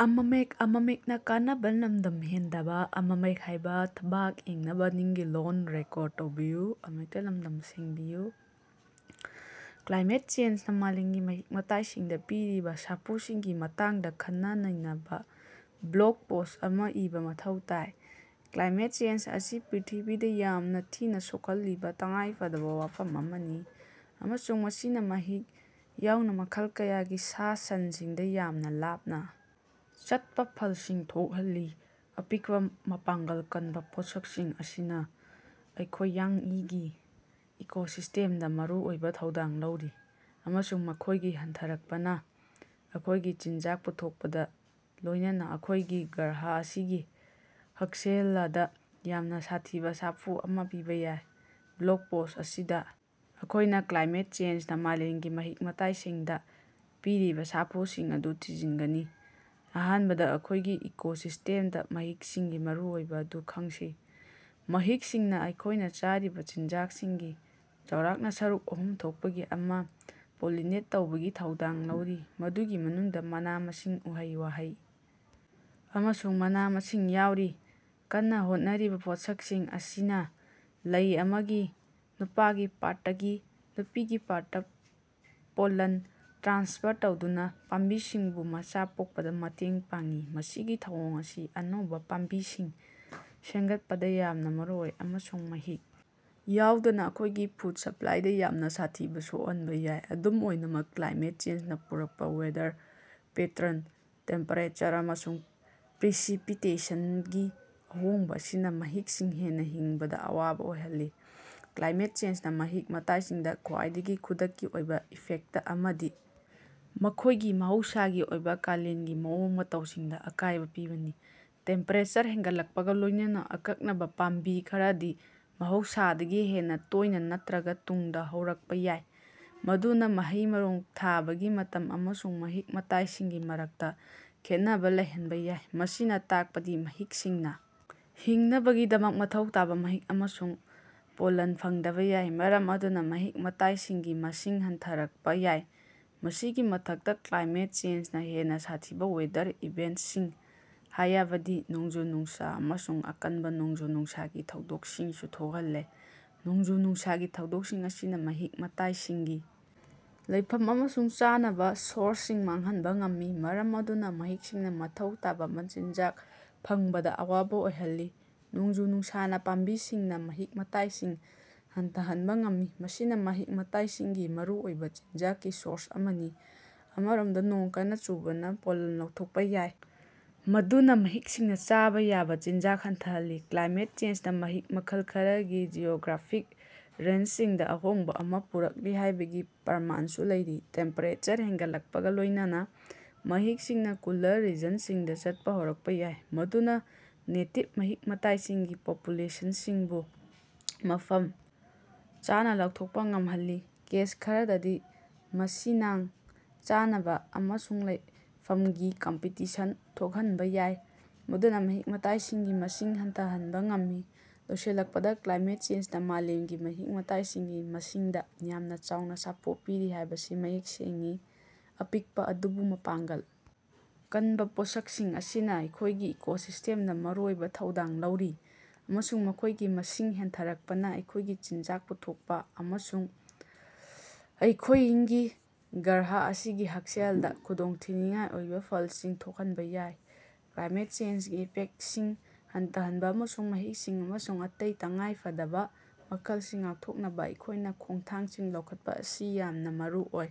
Climate ꯆꯦꯟꯖꯅ ꯃꯥꯂꯦꯝꯒꯤ ꯃꯍꯤꯛ-ꯃꯇꯥꯏꯁꯤꯡꯗ ꯄꯤꯔꯤꯕ ꯁꯥꯐꯨꯁꯤꯡꯒꯤ ꯃꯇꯥꯡꯗ ꯈꯟꯅ-ꯅꯩꯅꯕ ꯕ꯭ꯂꯣꯒ ꯄꯣꯁ ꯑꯃ ꯏꯕ ꯃꯊꯧ ꯇꯥꯏ꯫ ꯀ꯭ꯂꯥꯏꯃꯦꯠ ꯆꯦꯟꯖ ꯑꯁꯤ ꯄ꯭ꯔꯤꯊꯤꯕꯤꯗ ꯌꯥꯝꯅ ꯊꯤꯅ ꯁꯣꯛꯍꯜꯂꯤꯕ ꯇꯉꯥꯏꯐꯗꯕ ꯋꯥꯐꯝ ꯑꯃꯅꯤ, ꯑꯃꯁꯨꯡ ꯃꯁꯤꯅꯥ ꯃꯍꯤꯛ ꯌꯥꯎꯅ ꯃꯈꯜ ꯀꯌꯥꯒꯤ ꯁꯥ-ꯁꯟꯁꯤꯡꯗ ꯌꯥꯝꯅ ꯂꯥꯞꯅ ꯆꯠꯄ ꯐꯜꯁꯤꯡ ꯊꯣꯛꯍꯜꯂꯤ꯫ ꯑꯄꯤꯛꯄ ꯃꯄꯥꯡꯒꯜ ꯀꯟꯕ ꯄꯣꯠꯁꯛꯁꯤꯡ ꯑꯁꯤꯅꯥ ꯑꯩꯈꯣꯌꯡꯏꯒꯤ ꯏꯀꯣꯁꯤꯁꯇꯦꯝꯗꯥ ꯃꯔꯨꯑꯣꯏꯕ ꯊꯧꯗꯥꯡ ꯂꯧꯔꯤ, ꯑꯃꯁꯨꯡ ꯃꯈꯣꯏꯒꯤ ꯍꯟꯊꯔꯛꯄꯅ ꯑꯩꯈꯣꯏꯒꯤ ꯆꯤꯟꯖꯥꯛ ꯄꯨꯊꯣꯛꯄꯗ, ꯂꯣꯏꯅꯅꯥ ꯑꯩꯈꯣꯏꯒꯤ ꯒ꯭ꯔꯍ ꯑꯁꯤꯒꯤ ꯍꯛꯁꯦꯂꯗ ꯌꯥꯝꯅ ꯁꯥꯊꯤꯕ ꯁꯥꯐꯨ ꯑꯃꯥ ꯄꯤꯕ ꯌꯥꯏ꯫ ꯕ꯭ꯂꯣꯒ ꯄꯣꯁ ꯑꯁꯤꯗ ꯑꯩꯈꯣꯏꯅ ꯀ꯭ꯂꯥꯏꯃꯦꯠ ꯆꯦꯟꯖꯅꯥ ꯃꯥꯂꯦꯝꯒꯤ ꯃꯍꯤꯛ-ꯃꯇꯥꯏꯁꯤꯡꯗ ꯄꯤꯔꯤꯕ ꯁꯥꯐꯨꯁꯤꯡ ꯑꯗꯨ ꯊꯤꯖꯤꯟꯒꯅꯤ꯫ ꯑꯍꯥꯟꯕꯗ ꯑꯩꯈꯣꯏꯒꯤ ꯏꯀꯣꯁꯤꯁꯇꯦꯝꯗ ꯃꯍꯤꯛꯁꯤꯡꯒꯤ ꯃꯔꯨꯑꯣꯏꯕꯥ ꯑꯗꯨ ꯈꯪꯁꯤ꯫ ꯃꯍꯤꯛꯁꯤꯡꯅ ꯑꯩꯈꯣꯏꯅ ꯆꯥꯔꯤꯕ ꯆꯤꯟꯖꯥꯛꯁꯤꯡꯒꯤ ꯆꯥꯎꯔꯥꯛꯅꯥ ꯁꯔꯨꯛ ꯑꯍꯨꯝ ꯊꯣꯛꯄꯒꯤ ꯑꯃꯥ ꯄꯣꯂꯤꯅꯦꯠ ꯇꯧꯕꯒꯤ ꯊꯧꯗꯥꯡ ꯂꯧꯔꯤ, ꯃꯗꯨꯒꯤ ꯃꯅꯨꯡꯗꯥ ꯃꯅꯥ-ꯃꯁꯤꯡ, ꯎꯍꯩ-ꯋꯥꯍꯩ ꯑꯃꯁꯨꯡ ꯃꯅꯥ-ꯃꯁꯤꯡ ꯌꯥꯎꯔꯤ꯫ ꯀꯟꯅ ꯍꯣꯠꯅꯔꯤꯕ ꯄꯣꯠꯁꯛꯁꯤꯡ ꯑꯁꯤꯅꯥ ꯂꯩ ꯑꯃꯒꯤ ꯅꯨꯄꯥꯒꯤ ꯄꯥꯔꯇ ꯇꯒꯤ ꯅꯨꯄꯤꯒꯤ ꯄꯥꯔꯇ ꯇ ꯄꯣꯂꯟ ꯇ꯭ꯔꯥꯟꯁꯐꯔ ꯇꯧꯗꯨꯅꯥ ꯄꯥꯝꯕꯤꯁꯤꯡꯕꯨ ꯃꯆꯥ ꯄꯣꯛꯄꯗ ꯃꯇꯦꯡ ꯄꯥꯡꯏ꯫ ꯃꯁꯤꯒꯤ ꯊꯧꯑꯣꯡ ꯑꯁꯤ ꯑꯅꯧꯕꯥ ꯄꯥꯝꯕꯤꯁꯤꯡ ꯁꯦꯝꯒꯠꯄꯗꯥ ꯌꯥꯝꯅ ꯃꯔꯨꯑꯣꯏ, ꯑꯃꯁꯨꯡ ꯃꯍꯤꯛ ꯌꯥꯎꯗꯅ ꯑꯩꯈꯣꯏꯒꯤ ꯐꯨꯗ ꯁꯞꯂꯥꯏꯗ ꯌꯥꯝꯅꯥ ꯁꯥꯊꯤꯅ ꯁꯣꯛꯍꯟꯕ ꯌꯥꯏ꯫ ꯑꯗꯨꯝ ꯑꯣꯏꯅꯃꯛ, ꯀ꯭ꯂꯥꯏꯃꯦꯠ ꯆꯦꯟꯖꯅꯥ ꯄꯨꯔꯛꯄ ꯋꯦꯗꯔ ꯄꯦꯇꯔꯟ, ꯇꯦꯝꯄꯦꯔꯦꯆꯔ ꯑꯃꯁꯨꯡ ꯄ꯭ꯔꯤꯁꯤꯄꯤꯇꯦꯁꯅꯒꯤ ꯑꯍꯣꯡꯕ ꯑꯁꯤꯅ ꯃꯍꯤꯛꯁꯤꯡ ꯍꯦꯟꯅ ꯍꯤꯡꯕꯗ ꯑꯋꯥꯕ ꯑꯣꯏꯍꯜꯂꯤ꯫ ꯀ꯭ꯂꯥꯏꯃꯦꯠ ꯆꯦꯟꯖꯅꯥ ꯃꯍꯤꯛ-ꯃꯇꯥꯏꯁꯤꯡꯗꯥ ꯈ꯭ꯋꯥꯏꯗꯒꯤ ꯈꯨꯗꯛꯀꯤ ꯑꯣꯏꯕ ꯏꯐꯦꯛꯇ ꯑꯃꯗꯤ ꯃꯈꯣꯏꯒꯤ ꯃꯍꯧꯁꯥꯒꯤ ꯑꯣꯏꯕꯥ ꯀꯥꯂꯦꯟꯒꯤ ꯃꯑꯣꯡ-ꯃꯇꯧꯁꯤꯡꯗꯥ ꯑꯀꯥꯏꯕꯥ ꯄꯤꯕꯅꯤ꯫ ꯇꯦꯝꯄꯦꯔꯦꯆꯔ ꯍꯦꯟꯒꯠꯂꯛꯄꯒ ꯂꯣꯏꯅꯅ, ꯑꯀꯛꯅꯕꯥ ꯄꯥꯝꯕꯤ ꯈꯔꯗꯤ ꯃꯍꯧꯁꯥꯗꯒꯤ ꯍꯦꯟꯅꯥ ꯇꯣꯏꯅ ꯅꯠꯇ꯭ꯔꯒ ꯇꯨꯡꯗ ꯍꯧꯔꯛꯄꯥ ꯌꯥꯏ, ꯃꯗꯨꯅꯥ ꯃꯍꯩ-ꯃꯔꯣꯡ ꯊꯥꯕꯒꯤ ꯃꯇꯝ ꯑꯃꯁꯨꯡ ꯃꯍꯤꯛ-ꯃꯇꯥꯏꯁꯤꯡꯒꯤ ꯃꯔꯛꯇꯥ ꯈꯦꯠꯅꯕꯥ ꯂꯩꯍꯟꯕꯥ ꯌꯥꯏ꯫ ꯃꯁꯤꯅꯥ ꯇꯥꯛꯄꯗꯤ ꯃꯍꯤꯛꯁꯤꯡꯅ ꯍꯤꯡꯅꯕꯒꯤꯗꯃꯛ ꯃꯊꯧ ꯇꯥꯕ ꯃꯍꯤꯛ ꯑꯃꯁꯨꯡ ꯄꯣꯂꯟ ꯐꯪꯗꯕꯥ ꯌꯥꯏ, ꯃꯔꯝ ꯑꯗꯨꯅ ꯃꯍꯤꯛ-ꯃꯇꯥꯏꯁꯤꯡꯒꯤ ꯃꯁꯤꯡ ꯍꯟꯊꯔꯛꯄ ꯌꯥꯏ꯫ ꯃꯁꯤꯒꯤ ꯃꯊꯛꯇꯥ, ꯀ꯭ꯂꯥꯏꯃꯦꯠ ꯆꯦꯟꯖꯅꯥ ꯍꯦꯟꯅꯥ ꯁꯥꯊꯤꯕꯥ ꯋꯦꯗꯔ ꯏꯚꯦꯟꯇꯁꯤꯡ, ꯍꯥꯌꯕꯗꯤ ꯅꯣꯡꯖꯨ-ꯅꯨꯡꯁꯥ ꯑꯃꯁꯨꯡ ꯑꯀꯟꯕ ꯅꯣꯡꯖꯨ-ꯅꯨꯡꯁꯥꯒꯤ ꯊꯧꯗꯣꯛꯁꯤꯡꯁꯨ ꯊꯣꯛꯍꯜꯂꯦ꯫ ꯅꯣꯡꯖꯨ-ꯅꯨꯡꯁꯥꯒꯤ ꯊꯧꯗꯣꯛꯁꯤꯡ ꯑꯁꯤꯅꯥ ꯃꯍꯤꯛ-ꯃꯇꯥꯏꯁꯤꯡꯒꯤ ꯂꯩꯐꯝ ꯑꯃꯁꯨꯡ ꯆꯥꯅꯕ ꯁꯣꯔꯁꯁꯤꯡ ꯃꯥꯡꯍꯟꯕ ꯉꯝꯃꯤ, ꯃꯔꯝ ꯑꯗꯨꯅ ꯃꯍꯤꯛꯁꯤꯡꯅ ꯃꯊꯧ ꯇꯥꯕꯥ ꯃꯆꯤꯟꯖꯥꯛ ꯐꯪꯕꯗ ꯑꯋꯥꯕ ꯑꯣꯏꯍꯜꯂꯤ꯫ ꯅꯣꯡꯖꯨ-ꯅꯨꯡꯁꯥꯅꯥ ꯄꯥꯝꯕꯤꯁꯤꯡꯅꯥ ꯃꯍꯤꯛ-ꯃꯇꯥꯏꯁꯤꯡ ꯍꯟꯊꯍꯟꯕ ꯉꯝꯃꯤ, ꯃꯁꯤꯅꯥ ꯃꯍꯤꯛ-ꯃꯇꯥꯏꯁꯤꯡꯒꯤ ꯃꯔꯨꯑꯣꯏꯕꯥ ꯆꯤꯟꯖꯥꯛꯀꯤ ꯁꯣꯔꯁ ꯑꯃꯅꯤ꯫ ꯑꯃꯔꯣꯝꯗ, ꯅꯣꯡ ꯀꯟꯅ ꯆꯨꯕꯅ ꯄꯣꯂꯟ ꯂꯧꯊꯣꯛꯄꯥ ꯌꯥꯏ, ꯃꯗꯨꯅꯥ ꯃꯍꯤꯛꯁꯤꯡꯅ ꯆꯥꯕ ꯌꯥꯕ ꯆꯤꯟꯖꯥꯛ ꯍꯟꯊꯍꯜꯂꯤ꯫ ꯀ꯭ꯂꯥꯏꯃꯦꯠ ꯆꯦꯟꯖꯅꯥ ꯃꯍꯤꯛ ꯃꯈꯜ ꯈꯔꯒꯤ ꯖꯤꯑꯣꯒ꯭ꯔꯥꯐꯤꯛ ꯔꯦꯟꯖꯁꯤꯡꯗ ꯑꯍꯣꯡꯕ ꯑꯃ ꯄꯨꯔꯛꯂꯤ ꯍꯥꯏꯕꯒꯤ ꯄ꯭ꯔꯃꯥꯟꯁꯨ ꯂꯩꯔꯤ꯫ ꯇꯦꯝꯄꯦꯔꯦꯆꯔ ꯍꯦꯟꯒꯠꯂꯛꯄꯒꯥ ꯂꯣꯏꯅꯅ ꯃꯍꯤꯛꯁꯤꯡꯅ ꯀꯨꯂꯔ ꯔꯤꯖꯟꯁꯤꯡꯗ ꯆꯠꯄ ꯍꯧꯔꯛꯄ ꯌꯥꯏ, ꯃꯗꯨꯅ ꯅꯦꯇꯤꯚ ꯃꯍꯤꯛ-ꯃꯇꯥꯏꯁꯤꯡꯒꯤ ꯄꯣꯄꯨꯂꯦꯁꯟꯁꯤꯡꯕꯨ ꯃꯐꯝ ꯆꯥꯅꯥ ꯂꯧꯊꯣꯛꯄꯥ ꯉꯝꯍꯜꯂꯤ꯫ ꯀꯦꯁ ꯈꯔꯗꯗꯤ ꯃꯁꯤꯅꯥꯡ ꯆꯥꯅꯕ ꯑꯃꯁꯨꯡ ꯂꯩꯐꯝꯒꯤ ꯀꯝꯄꯤꯇꯤꯁꯟ ꯊꯣꯛꯍꯟꯕ ꯌꯥꯏ, ꯃꯗꯨꯅ ꯃꯍꯤꯛ-ꯃꯇꯥꯏꯁꯤꯡꯒꯤ ꯃꯁꯤꯡ ꯍꯟꯊꯍꯟꯕ ꯉꯝꯃꯤ꯫ ꯂꯣꯏꯁꯤꯜꯂꯛꯄꯗ, ꯀ꯭ꯂꯥꯏꯃꯦꯠ ꯆꯦꯟꯖꯅꯥ ꯃꯥꯂꯦꯝꯒꯤ ꯃꯍꯤꯛ-ꯃꯇꯥꯏꯁꯤꯡꯒꯤ ꯃꯁꯤꯡꯗꯥ ꯌꯥꯝꯅꯥ ꯆꯥꯎꯅꯥ ꯁꯥꯐꯨ ꯄꯤꯔꯤ ꯍꯥꯏꯕꯁꯤ ꯃꯌꯦꯛ ꯁꯦꯡꯏ꯫ ꯑꯄꯤꯛꯄꯥ ꯑꯗꯨꯕꯨ ꯃꯄꯥꯡꯒꯜ ꯀꯟꯕ ꯄꯣꯠꯁꯛꯁꯤꯡ ꯑꯁꯤꯅꯥ ꯑꯩꯈꯣꯏꯒꯤ ꯏꯀꯣꯁꯤꯁ꯭ꯇꯦꯝꯗ ꯃꯔꯨꯑꯣꯏꯕ ꯊꯧꯗꯥꯡ ꯂꯧꯔꯤ, ꯑꯃꯁꯨꯡ ꯃꯈꯣꯏꯒꯤ ꯃꯁꯤꯡ ꯍꯟꯊꯔꯛꯄꯅ ꯑꯩꯈꯣꯏꯒꯤ ꯆꯤꯟꯖꯥꯛ ꯄꯨꯊꯣꯛꯄ ꯑꯃꯁꯨꯡ ꯑꯩꯈꯣꯌꯡꯏꯒꯤ ꯒ꯭ꯔꯍ ꯑꯁꯤꯒꯤ ꯍꯛꯁꯦꯜꯗ ꯈꯨꯗꯣꯡꯊꯤꯅꯤꯡꯉꯥꯏ ꯑꯣꯏꯕꯥ ꯐꯜꯁꯤꯡ ꯊꯣꯛꯍꯟꯕ ꯌꯥꯏ꯫ ꯀ꯭ꯂꯥꯏꯃꯦꯠ ꯆꯦꯟꯖꯒꯤ ꯏꯐꯦꯛꯇꯁꯤꯡ ꯍꯟꯊꯍꯟꯅꯕꯥ ꯑꯃꯁꯨꯡ ꯃꯍꯤꯛꯁꯤꯡ ꯑꯃꯁꯨꯡ ꯑꯇꯩ ꯇꯉꯥꯏꯐꯗꯕꯥ ꯃꯈꯜꯁꯤꯡ ꯉꯥꯛꯊꯣꯛꯅꯕ ꯑꯩꯈꯣꯏꯅ ꯈꯣꯡꯊꯥꯡꯁꯤꯡ ꯂꯧꯈꯠꯄꯥ ꯑꯁꯤ ꯌꯥꯝꯅꯥ ꯃꯔꯨꯑꯣꯏ꯫